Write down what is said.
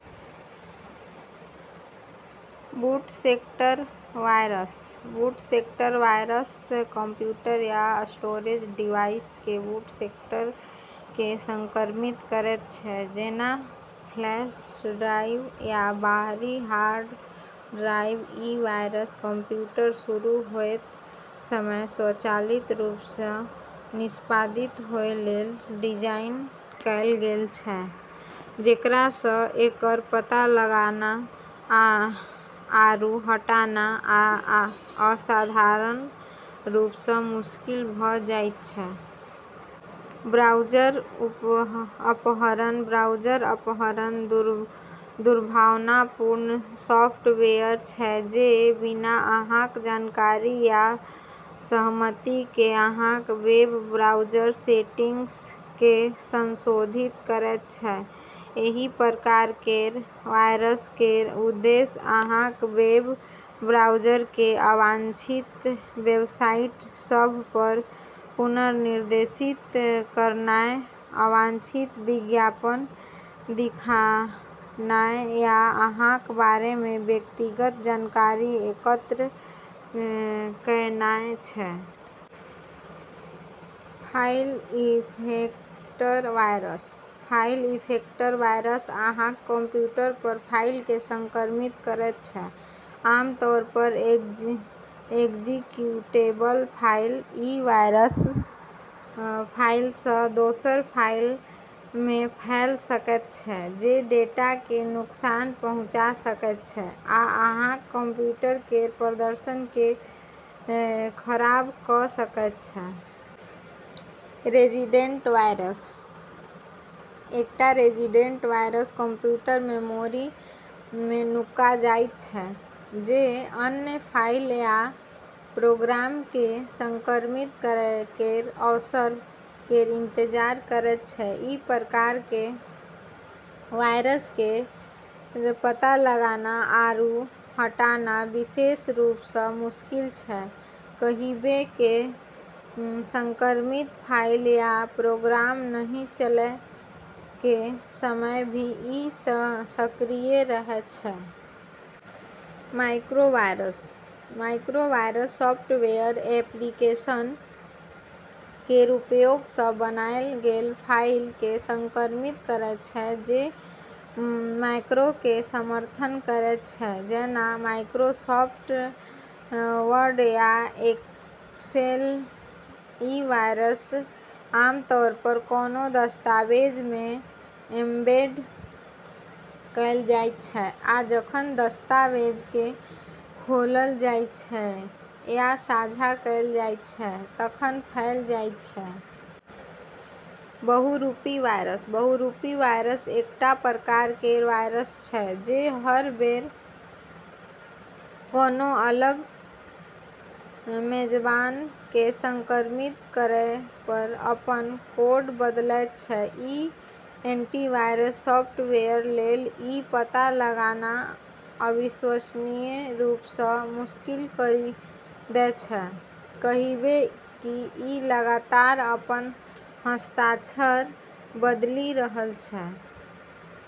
बूट sector virus: boot sector virus computer या storage device के boot sector केँ संक्रमित करैत छै, जेना फ्लैश ड्राइव या बाहरी हार्ड ड्राइव। ई वायरस कंप्यूटर शुरू होएत समय स्वचालित रूप सँ निष्पादित होए लेल डिजाइन कएल गेल छै, जेकरा सँ एकर पता लगाना आरू हटाना असाधारण रूप सँ मुश्किल भ' जाइत छै। ब्राउज़र अपहरण: ब्राउज़र अपहरण दुर्भावनापूर्ण सॉफ्टवेयर छै जे बिना अहाँक जानकारी या सहमति केँ अहाँक वेब ब्राउज़र सेटिंग्स केँ संशोधित करैत छै। एहि प्रकार केर वायरस केर उद्देश्य अहाँक वेब ब्राउज़र केँ अवांछित वेबसाइट सभ पर पुनर्निर्देशित करनाय, अवांछित विज्ञापन दिखानाय, या अहाँक बारे मे व्यक्तिगत जानकारी एकत्र कयनाय छै। File infector virus: file infector virus अहाँक कंप्यूटर पर फाइल केँ संक्रमित करैत छै, आमतौर पर एक्जीक्यूटेबल फाइल। ई वायरस फाइल सँ दोसर फाइल मे फैल सकैत छै, जे डेटा केँ नुकसान पहुँचा सकैत छै आ अहाँक कंप्यूटर केर प्रदर्शन केँ खराब कऽ सकैत छै। रेजिडेंट वायरस: एकटा रेजिडेंट वायरस कंप्यूटर मेमोरी मे नुका जाइत छै, जे अन्य फाइल या प्रोग्राम केँ संक्रमित करै केर अवसर केर इंतजार करैत छै। ई प्रकार केर वायरस केर पता लगाना आरू हटाना विशेष रूप सँ मुश्किल छै, कहिबे कि संक्रमित फाइल या प्रोग्राम नहि चलै के समय भी ई सक्रिय रहै छै। Macro virus: macro virus software application केर उपयोग सँ बनाएल गेल फाइल केँ संक्रमित करैत छै जे मैक्रो केँ समर्थन करैत छै, जेना माइक्रोसॉफ्ट वर्ड या एक्सेल। ई वायरस आमतौर पर कोनो दस्तावेज मे एम्बेड कएल जाइत छै आ जखन दस्तावेज केँ खोलल जाइत छै या साझा कएल जाइत छै तखन फैल जाइत छै। बहुरूपी वायरस: बहुरूपी वायरस एकटा प्रकार केर वायरस छै जे हर बेर कोनो अलग मेजबान केँ संक्रमित करय पर अपन कोड बदलैत छै। ई एंटीवायरस सॉफ्टवेयर लेल ई पता लगाना अविश्वसनीय रूप सँ मुश्किल करि दै छै, कहिबे कि ई लगातार अपन हस्ताक्षर बदलि रहल छै।